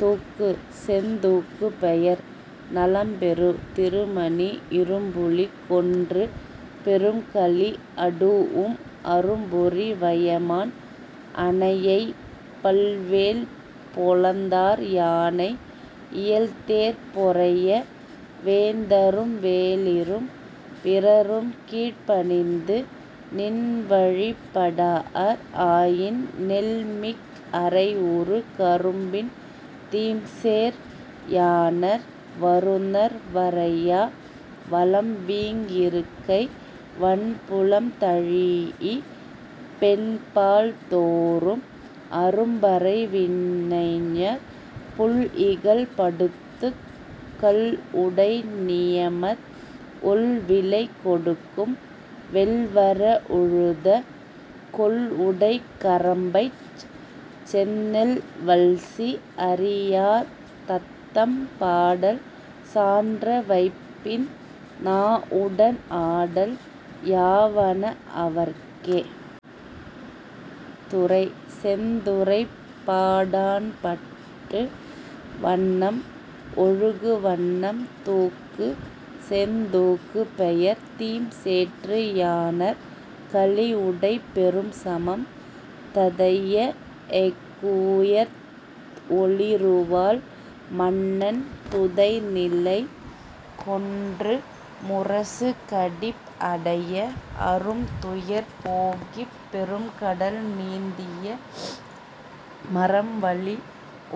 தூக்கு: செந்தூக்கு பெயர்: நலம்பெறு திருமணி இரும்புலி கொன்று பெரும்களி அடூஉம் அரும்பொறி வயமான் அனையை பல்வேல் பொலந்தார் யானை இயல்தேர்ப் பொறைய வேந்தரும் வேளிரும் பிறரும் கீழ்ப்பணிந்து நின்வழிப் படாஅர் ஆயின் நெல்மிக் அறைஉறு கரும்பின் தீம்சேற் யாணர் வருநர் வரையா வளம்வீங் இருக்கை வன்புலம் தழீஇ மென்பால் தோறும் அரும்பறை வினைஞர் புல்இகல் படுத்துக் கள்உடை நியமத் ஒள்விலை கொடுக்கும் வெள்வர உழுத கொள்உடைக் கரம்பைச் செந்நெல் வல்சி அறியார் தத்தம் பாடல் சான்ற வைப்பின் நாஉடன் ஆடல் யாவண அவர்க்கே. துறை: செந்துறைப் பாடாண்பாட்டு வண்ணம்: ஒழுகு வண்ணம் தூக்கு: செந்தூக்கு பெயர்: தீம்சேற்று யாணர் களிஉடைப் பெரும்சமம் ததைய எஃஉயர்த் ஒளிறுவாள் மன்னர் துதைநிலை கொன்று முரசுகடிப் அடைய அரும்துறை போகிப் பெரும்கடல் நீந்திய மரம்வலி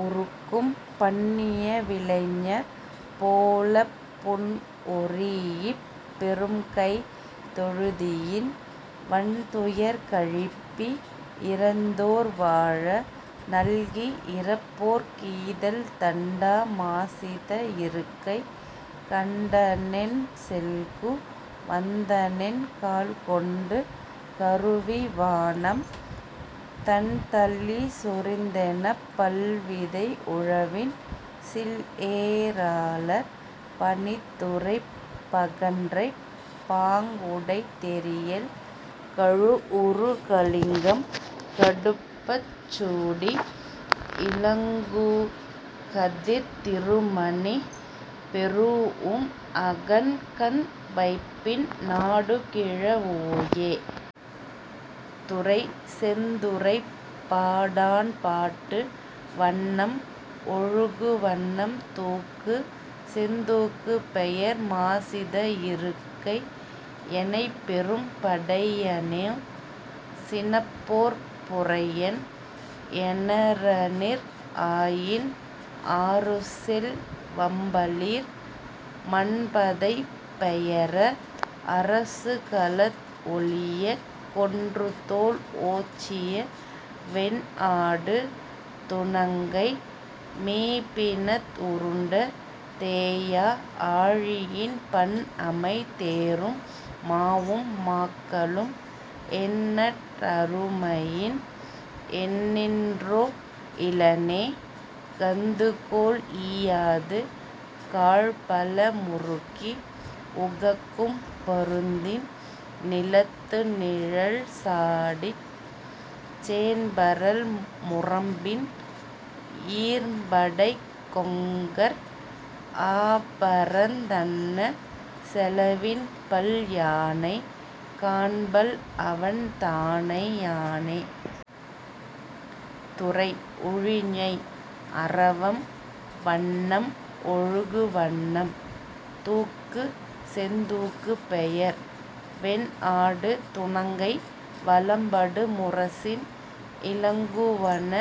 உறுக்கும் பண்ணிய விலைஞர் போலப் புண்ஒரீஇப் பெரும்கைத் தொழுதியின் வன்துயர் கழிப்பி இரந்தோர் வாழ நல்கி இரப்போர்க் ஈதல் தண்டா மாசித இருக்கை கண்டனென் செல்கு வந்தனென் கால்கொண்டு கருவி வானம் தண்தளி சொரிந்தெனப் பல்விதை உழவின் சில்ஏ ராளர் பனித்துறைப் பகன்றைப் பாங்உடைத் தெரியல் கழுஉறு கலிங்கம் கடுப்பச் சூடி இலங்குகதிர்த் திருமணி பெறூஉம் அகன்கண் வைப்பின் நாடுகிழ வோயே. துறை: செந்துறைப் பாடாண்பாட்டு வண்ணம்: ஒழுகு வண்ணம் தூக்கு: செந்தூக்கு பெயர்: மாசித இருக்கை எனைப்பெரும் படையனோ சினப்போர்ப் பொறையன் எனறனிர் ஆயின் ஆறுசெல் வம்பலீர் மன்பதை பெயர அரசுகளத் ஒழியக் கொன்றுதோள் ஓச்சிய வென்ஆடு துணங்கை மீபிணத் உருண்ட தேயா ஆழியின் பண்அமை தேரும் மாவும் மாக்களும் எண்ணற் அருமையின் எண்ணின்றோ இலனே கந்துகோள் ஈயாது காழ்பல முருக்கி உகக்கும் பருந்தின் நிலத்துநிழல் சாடிச் சேண்பரல் முரம்பின் ஈர்ம்படைக் கொங்கர் ஆபரந் தன்ன செலவின்பல் யானை காண்பல்அவன் தானை யானே. துறை: உழிஞை அரவம் வண்ணம்: ஒழுகு வண்ணம் தூக்கு: செந்தூக்கு பெயர்: வென்ஆடு துணங்கை வலம்படு முரசின் இலங்குவன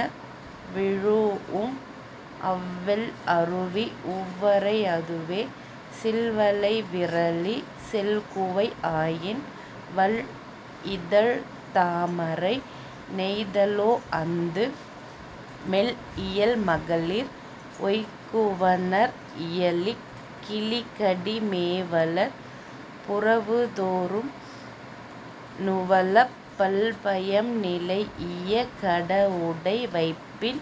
விழூஉம் அவ்வெள் அருவி உவ்வரை அதுவே சில்வளை விறலி செல்குவை ஆயின் வள்இதழ்த் தாமரை நெய்தலொ அந்து மெல்இயல் மகளிர் ஒய்குவனர் இயலிக் கிளிகடி மேவலர் புறவுதொறும் நுவலப் பல்பயம் நிலைஇய கடஉடை வைப்பின்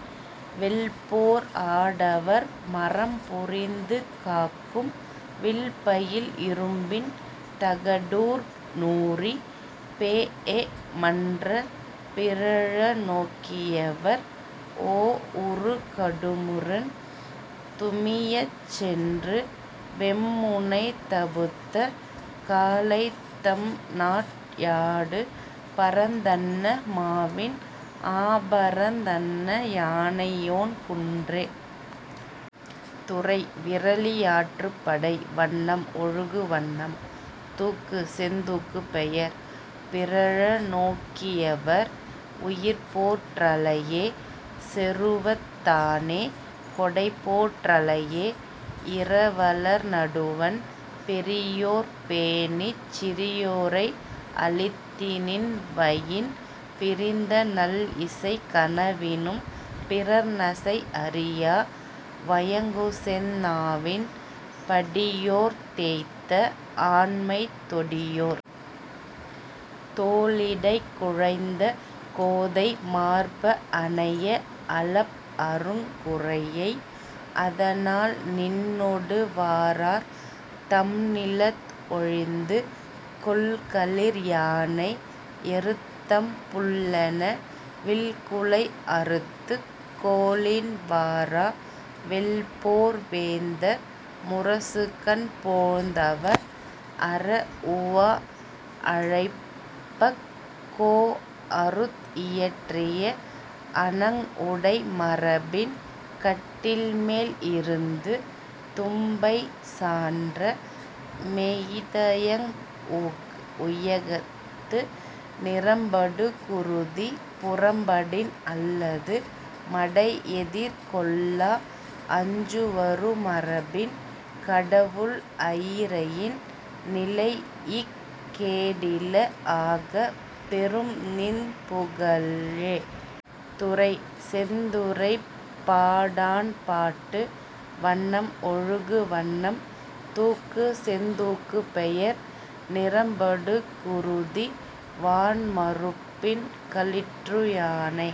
வெல்போர் ஆடவர் மறம்புரிந்து காக்கும் வில்பயில் இறும்பின் தகடூர் நூறி பேஎ மன்ற பிறழநோக் கியவர் ஓஉறு கடுமுரண் துமியச் சென்று வெம்முனை தபுத்த காலைத் தம்நாட் யாடுபரந் தன்ன மாவின் ஆபரந் தன்ன யானையோன் குன்றே. துறை: விறலியாற்றுப்படை வண்ணம்: ஒழுகு வண்ணம் தூக்கு: செந்தூக்கு பெயர்: பிறழநோக்கியவர் உயிர்போற் றலையே செருவத் தானே கொடைபோற் றலையே இரவலர் நடுவண் பெரியோர்ப் பேணிச் சிறியோரை அளித்தி நின்வயின் பிரிந்த நல்இசை கனவினும் பிறர்நசை அறியா வயங்குசெந் நாவின் படியோர்த் தேய்த்த ஆண்மைத் தொடியோர் தோளிடைக் குழைந்த கோதை மார்ப அனைய அளப்அருங் குரையை அதனால் நின்னொடு வாரார் தம்நிலத் ஒழிந்து கொல்களிற் யானை எருத்தம் புல்லென வில்குலை அறுத்துக் கோலின் வாரா வெல்போர் வேந்தர் முரசுகண் போழ்ந்அவர் அரஉவா அழைப்பக் கோஅறுத் இயற்றிய அணங்உடை மரபின் கட்டில்மேல் இருந்து தும்பை சான்ற மெய்தயங் உயக்கத்து நிறம்படு குருதி புறம்படின் அல்லது மடைஎதிர் கொள்ளா அஞ்சுவரு மரபின் கடவுள் அயிரையின் நிலைஇக் கேடில ஆக பெரும்நின் புகழே. துறை: செந்துறைப்பாடாண்பாட்டு வண்ணம்: ஒழுகு வண்ணம் தூக்கு: செந்தூக்கு பெயர்: நிறம்படு குருதி வான்மருப்பின் களிற்றுயானை